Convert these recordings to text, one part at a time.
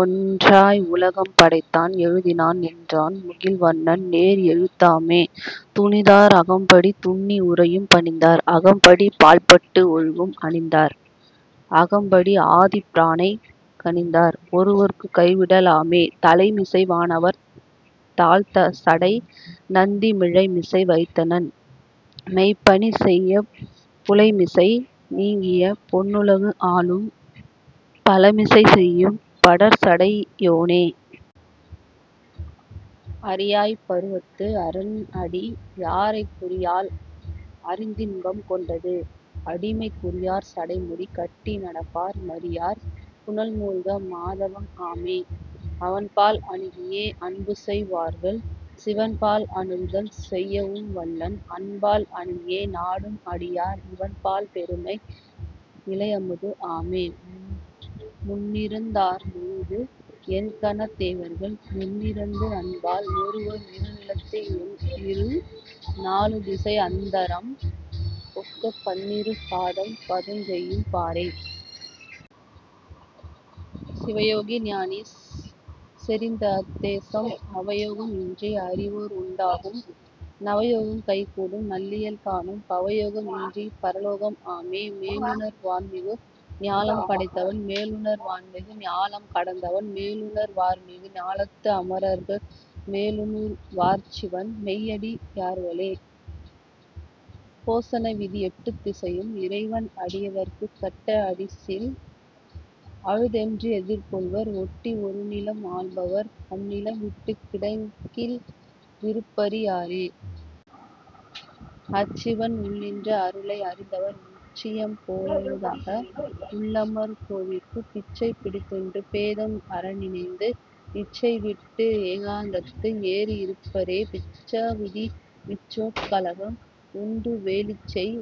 ஒன்றாய் உலகம் படைத்தான் எழுதினான் நின்றான் முகில்வண்ணன் நேர்எழுத் தாமே. துணிந்தார் அகம்படி துன்னி உறையும் பணிந்தார் அகம்படி பால்பட்டு ஒழுகும் அணிந்தார் அகம்படி ஆதிப் பிரானைக் கணிந்தார் ஒருவர்க்கு கைவிடலாமே. தலைமிசை வானவர் தாழ்சடை நந்தி மிலைமிசை வைத்தனன் மெய்ப்பணி செய்யப் புலைமிசை நீங்கிய பொன்னுலகு ஆளும் பலமிசை செய்யும் படர்சடை யோனே. அறியாப் பருவத்து அரன்அடி யாரைக் குறியால் அறிந்தின்பம் கொண்டது அடிமை குறியார் சடைமுடி கட்டி நடப்பார் மறியார் புனல்மூழ்க மாதவம் ஆமே. அவன்பால் அணுகியே அன்புசெய் வார்கள் சிவன்பால் அணுகுதல் செய்யவும் வல்லன் அவன்பால் அணுகியே நாடும் அடியார் இவன்பால் பெருமை இலயமது ஆமே. முன்னிருந் தார்முழுது எண்கணத் தேவர்கள் எண்ணிறந்து அன்பால் வருவர் இருநிலத்து எண்இரு நாலு திசைஅந் தரம் ஒக்கப் பன்னிரு காதம் பதஞ்செய்யும் பாரே. சிவயோகி ஞானி செறிந்தஅத் தேசம் அவயோகம் இன்றி அறிவோர் உண்டாகும் நவயோகம் கைகூடும் நல்லியல் காணும் பவயோகம் இன்றிப் பரலோகம் ஆமே. மேலுணர் வான்மிகு ஞாலம் படைத்தவன் மேலுணர் வான்மிகு ஞாலம் கடந்தவன் மேலுணர் வார்மிகு ஞாலத்து அமரர்கள் மேலுணுர் வார்சிவன் மெய்யடி யார்களே.. போசன விதி எட்டுத் திசையும் இறைவன் அடியவர்க்கு கட்ட அடிசில் அழுதென்று எதிர்கொள்வர் ஒட்டி ஒருநிலம் ஆள்பவர் அந்நிலம் விட்டுக் கிடக்கில் விருப்பறி யாரே. அச்சிவன் உள்நின்ற அருளை அறிந்தவர் உச்சியம் போதாக உள்ளமர் கோவிற்குப் பிச்சை பிடித்துண்டு பேதம் அறநினைந்து இச்சைவிட்டு ஏகாந்தத்து ஏறி இருப்பரே.. பிட்சா விதி விச்சுக் கலம் உண்டு வேலிச்செய்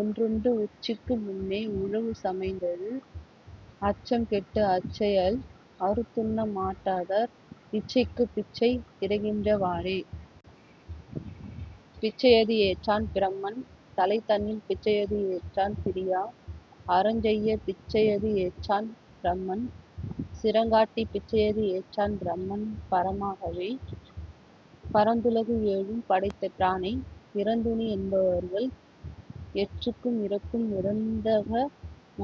ஒன்றுண்டு உச்சிக்கு முன்னே உழவு சமைந்தது அச்சம்கெட்டு அச்செயல் அறுத்துண்ண மாட்டாதார் இச்சைக்குப் பிச்சை இரக்கின்ற வாறே. பிச்சையது ஏற்றான் பிரமன் தலைதன்னில் பிச்சையது ஏற்றான் பிரியா அறஞ்செய்யப் பிச்சையது ஏற்றான் பிரமன் சிரங்காட்டிப் பிச்சையது ஏற்றான் பிரமன் பரமாகவே. பரந்துலகு ஏழும் படைத்த பிரானை இரந்துணி என்பர்கள் எற்றுக்கு இரக்கும் நிரந்தக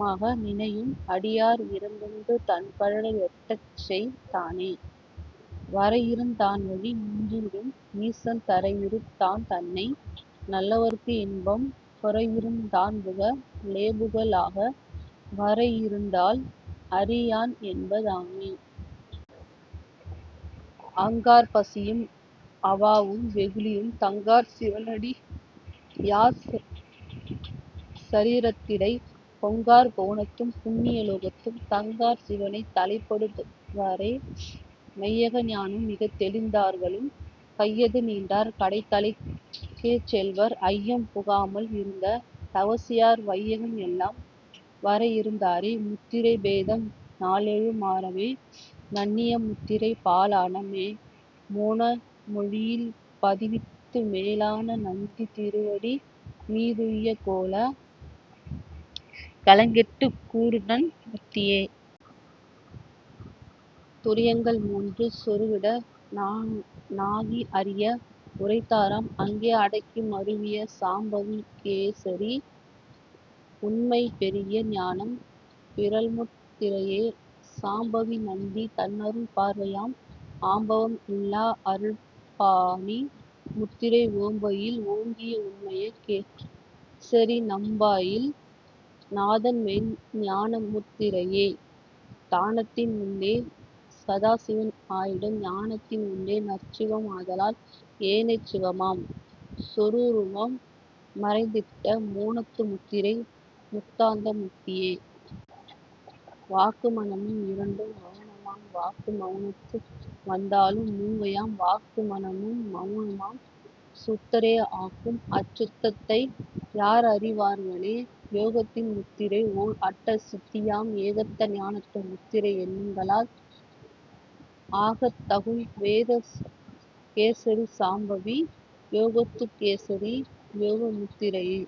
மாக நினையும் அடியார் இரந்துண்டு தன்கழல் எட்டச்செய் தானே. வரஇருந் தான்வழி நின்றிடும் ஈசன் தரஇருந் தான்தன்னை நல்லவர்க்கு இன்பம் பொரஇருந் தான்புக லேபுக லாக வரஇருந் தால்அறி யான்என்ப தாமே. அங்கார் பசியும் அவாவும் வெகுளியும் தங்கார் சிவனடி யார்சரீரத்திடைப் பொங்கார் புவனத்தும் புண்ணிய லோகத்தும் தங்கார் சிவனைத் தலைப்படு வாரே. மெய்யக ஞானம் மிகத்தெளிந் தார்களும் கையதும் நீண்டார் கடைத்தலைக் கேசெல்வர் ஐயம் புகாமல் இருந்த தவசியார் வையகம் எல்லாம் வரஇருந்தாரே.. முத்திரை பேதம் நாலேழு மாறவே நண்ணிய முத்திரை பாலான மோன மொழியில் பதிவித்து மேலான நந்தி திருவடி மீதுய்யக் கோலா கலங்கெட்டுக் கூடுநன் முத்தியே. துரியங்கள் மூன்று சொருகுஇட னாகி அரிய உரைத்தாரம் அங்கே அடக்கி மருவிய சாம்பவி கேசரி உண்மை பெருகிய ஞானம் பிறழ்முத் திரையே. சாம்பவி நந்தி தன்னருள் பார்வையாம் ஆம்பவம் இல்லா அருட்பாணி முத்திரை ஓம்பயில் ஒங்கிய உண்மைய கேசரி நாம்பயில் நாதன்மெய்ஞ் ஞானமுத் திரையே. தானத்தின் உள்ளே சதாசிவன் ஆயிடும் ஞானத்தின் உள்ளே நற்சிவம் ஆதலால் ஏனைச் சிவமாம் சொரூபம் மறைந்திட்ட மோனத்து முத்திரை முத்தாந்த முத்தியே. வாக்கு மனமும் இரண்டும் மவுனமாம் வாக்கு மவுனத்து வந்தாலும் மூங்கையாம் வாக்கு மனமும் மவுனமாம் சுத்தரே ஆக்கும் அச் சுத்த்ததை யார்அறி வார்களே. யோகத்தின் முத்திரை ஓர்அட்ட சித்தியாம் ஏகத்த ஞானத்து முத்திரை எண்ணுங்கால் ஆகத் தகும்வேத கேசரி சாம்பவி யோகத்துக் கேசரி யோகமுத் திரையே.